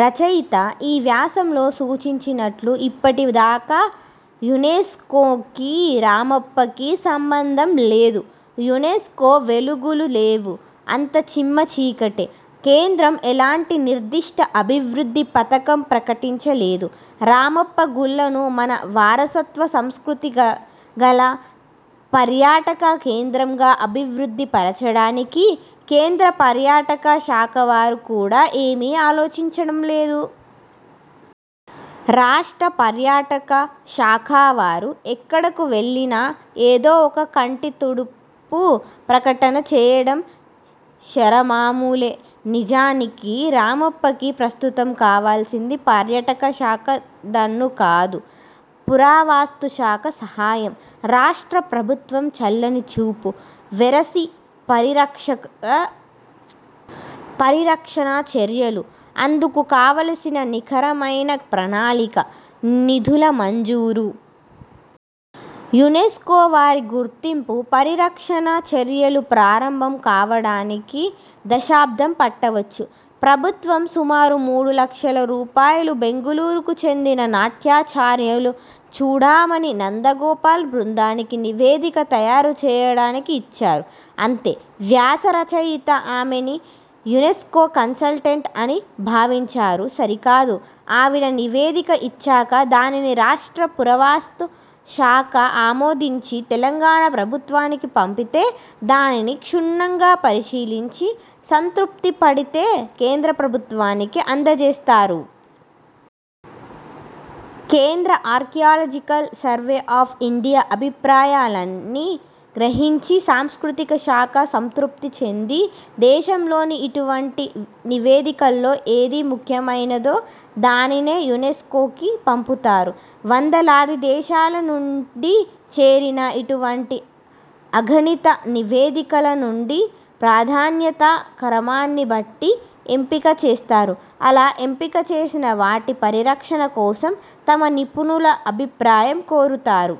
రచయిత ఆ వ్యాసంలో సూచించినట్లు ఇప్పటిదాకా యునెస్కోకి రామప్పకి సంబంధం లేదు. యునెస్కో వెలుగులు లేవు. అంతా చిమ్మచీకటే. కేంద్రం ఎలాంటి నిర్దిష్ట అభివృద్ధి పథకం ప్రకటించలేదు. 'రామప్పగుళ్ళను మన వారసత్వ సంస్కృతిగల పర్యాటక కేంద్రంగా అభివృద్ధి పరచడానికి' కేంద్ర పర్యాటక శాఖవారు కూడా ఏమీ ఆలోచించడం లేదు. రాష్ట్ర పర్యాటక శాఖవారు ఎక్కడకు వెళ్ళినా ఏదో ఒక కంటి తుడుపు ప్రకటన చేయడం షరామామూలే. నిజానికి రామప్పకి ప్రస్తుతం కావలిసింది పర్యాటకశాఖ దన్నుకాదు. పురావస్తుశాఖ సహాయం. రాష్ట్ర ప్రభుత్వం చల్లని చూపు. వెరసి పరిరక్షణ చర్యలు. అందుకు కావలసిన నికరమైన ప్రణాళిక. నిధుల మంజూరు. యునెస్కోవారి గుర్తింపు, పరిరక్షణ చర్యలు ప్రారంభం కావడానికి దశాబ్దం పట్టవచ్చు. ప్రభుత్వం సుమారు మూడులక్షల రూపాయలు బెంగళూరుకుచెందిన నాట్యాచార్యులు చూడామణీ నందగోపాల్ బృందానికి నివేదిక తయారుచేయడానికి ఇచ్చారు. అంతే. వ్యాస రచయిత ఆమెని 'యునెస్కో కన్సల్టెంట్' అని భావించారు. సరికాదు. ఆవిడ నివేదిక ఇచ్చాక, దానిని రాష్ట్ర పురావస్తుశాఖ ఆమోదించి, తెలంగాణ ప్రభుత్వానికి పంపితే, దానిని క్షుణ్ణంగా పరిశీలించి సంతృప్తిపడితే, కేంద్రప్రభుత్వానికి అందజేస్తారు. కేంద్ర ఆర్కియలాజికల్ సర్వే ఆఫ్ ఇండియా అభిప్రాయాల్ని గ్రహించి, సాంస్కృతికశాఖ సంతృప్తిచెంది, దేశంలోని ఇటువంటి నివేదికల్లో ఏది ముఖ్యమైనదో దానినే యునెస్కోకి పంపుతారు. వందలాది దేశాలనుండి చేరిన ఇటువంటి అగణిత నివేదికలనుండి ప్రాధాన్యతాక్రమాన్నిబట్టి ఎంపిక చేస్తారు. అలా ఎంపిక చేసినవాటి పరిరక్షణకోసం తమ నిపుణుల అభిప్రాయం కోరతారు.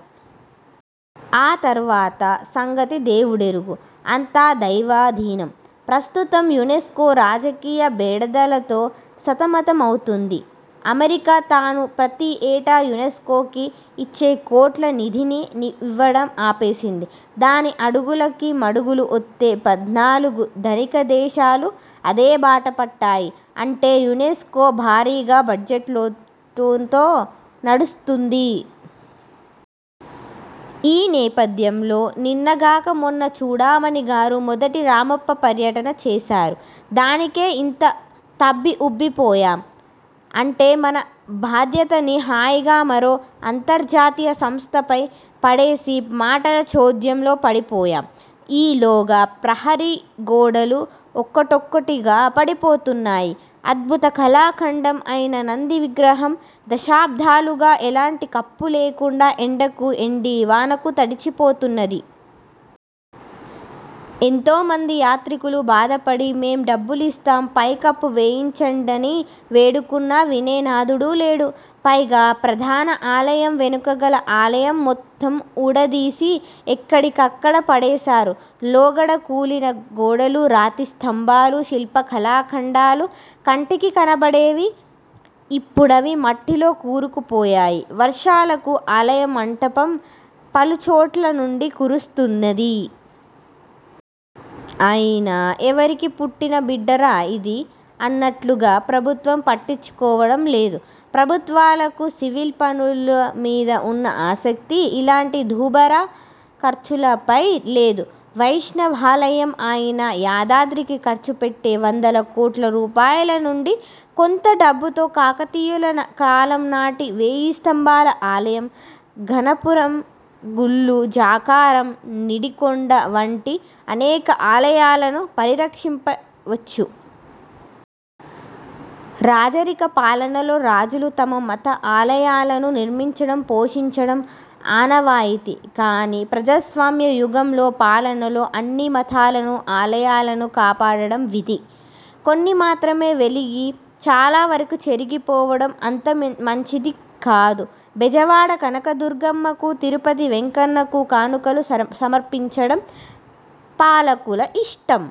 ఆ తరువాత సంగతి దేవుడెరుగు. అంతా దైవాధీనం! ప్రస్తుతం యునెస్కో రాజకీయ బెడదలతో సతమతమవుతోంది. అమెరికా తాను ప్రతీ ఏటా యునెస్కోకి ఇచ్చే కోట్ల నిధిని ఇవ్వడం ఆపేసింది. దాని అడుగులకి మడుగులు ఒత్తే పద్నాలుగు ధనికదేశాలు అదేబాటపట్టాయి. అంటే, యునెస్కో భారీగా బడ్జెట్లోటుతో నడుస్తోంది. ఈ నేపథ్యంలో నిన్నగాక మొన్న చూడామణిగారు మొదటి రామప్ప పర్యటన చేశారు. దానికే ఇంత తబ్బి ఉబ్బిపొయ్యాం. అంటే మన బాధ్యతని హాయిగా మరో అంతర్జాతీయ సంస్థపై పడేసి మాటల చోద్యంలో పడిపోయాం. ఈ లోగా ప్రహారీ గోడలు ఒక్కటొక్కటిగా పడిపోతున్నాయి. అద్భుత కళాఖండం అయిన నంది విగ్రహం దశాబ్దాలుగా ఎలాంటి కప్పులేకుండా ఎండకు ఎండి, వానకు తడిచిపోతున్నది. ఎంతోమంది యాత్రికులు బాధపడి మేం డబ్బులిస్తాం పైకప్పు వేయించండని వేడుకున్నా వినే నాధుడు లేడు. పైగా ప్రధాన ఆలయం వెనుక గల ఆలయం మొత్తం ఊడదీసి ఎక్కడికక్కడ పడేశారు. లోగడ కూలిన గోడలు, రాతిస్తంభాలు, శిల్పకళాఖండాలు కంటికి కనబడేవి. ఇప్పుడవి మట్టిలో కూరుకుపోయాయి. వర్షాలకు ఆలయమంటపం పలుచోట్లనుండి కురుస్తున్నది. ఐనా, ఎవరికిపుట్టిన బిడ్డరా ఇది అన్నట్లుగా ప్రభుత్వం పట్టించుకోవడం లేదు. ప్రభుత్వాలకు సివిల్ పనుల మీద ఉన్న 'ఆసక్తి' ఇలాంటి దుబారా ఖర్చులపై లేదు. వైష్ణవాలయం అయిన యాదాద్రికి ఖర్చుపెట్టే వందల కోట్ల రూపాయల నుండి కొంత డబ్బుతో కాకతీయుల కాలంనాటి వేయిస్తంభాల ఆలయం, గణపురం గుళ్ళు, జాకారం, నిడికొండ వంటి అనేక ఆలయాలను పరిరక్షింపవచ్చు. రాజరిక పాలనలో రాజులు తమ మత ఆలయాలను నిర్మించడం పోషించడం ఆనవాయితీ. కాని, ప్రజాస్వామ్యయుగంలో, పాలనలో, అన్ని మతాలను, ఆలయాలను కాపాడడం విధి. కొన్ని మాత్రమే వెలిగి, చాలావరకు చెరిగిపోవడం అంత మంచిది కాదు. బెజవాడ కనకదుర్గమ్మకు, తిరుపతి వెంకన్నకు కానుకలు సమర్పించడం పాలకుల ఇష్టం.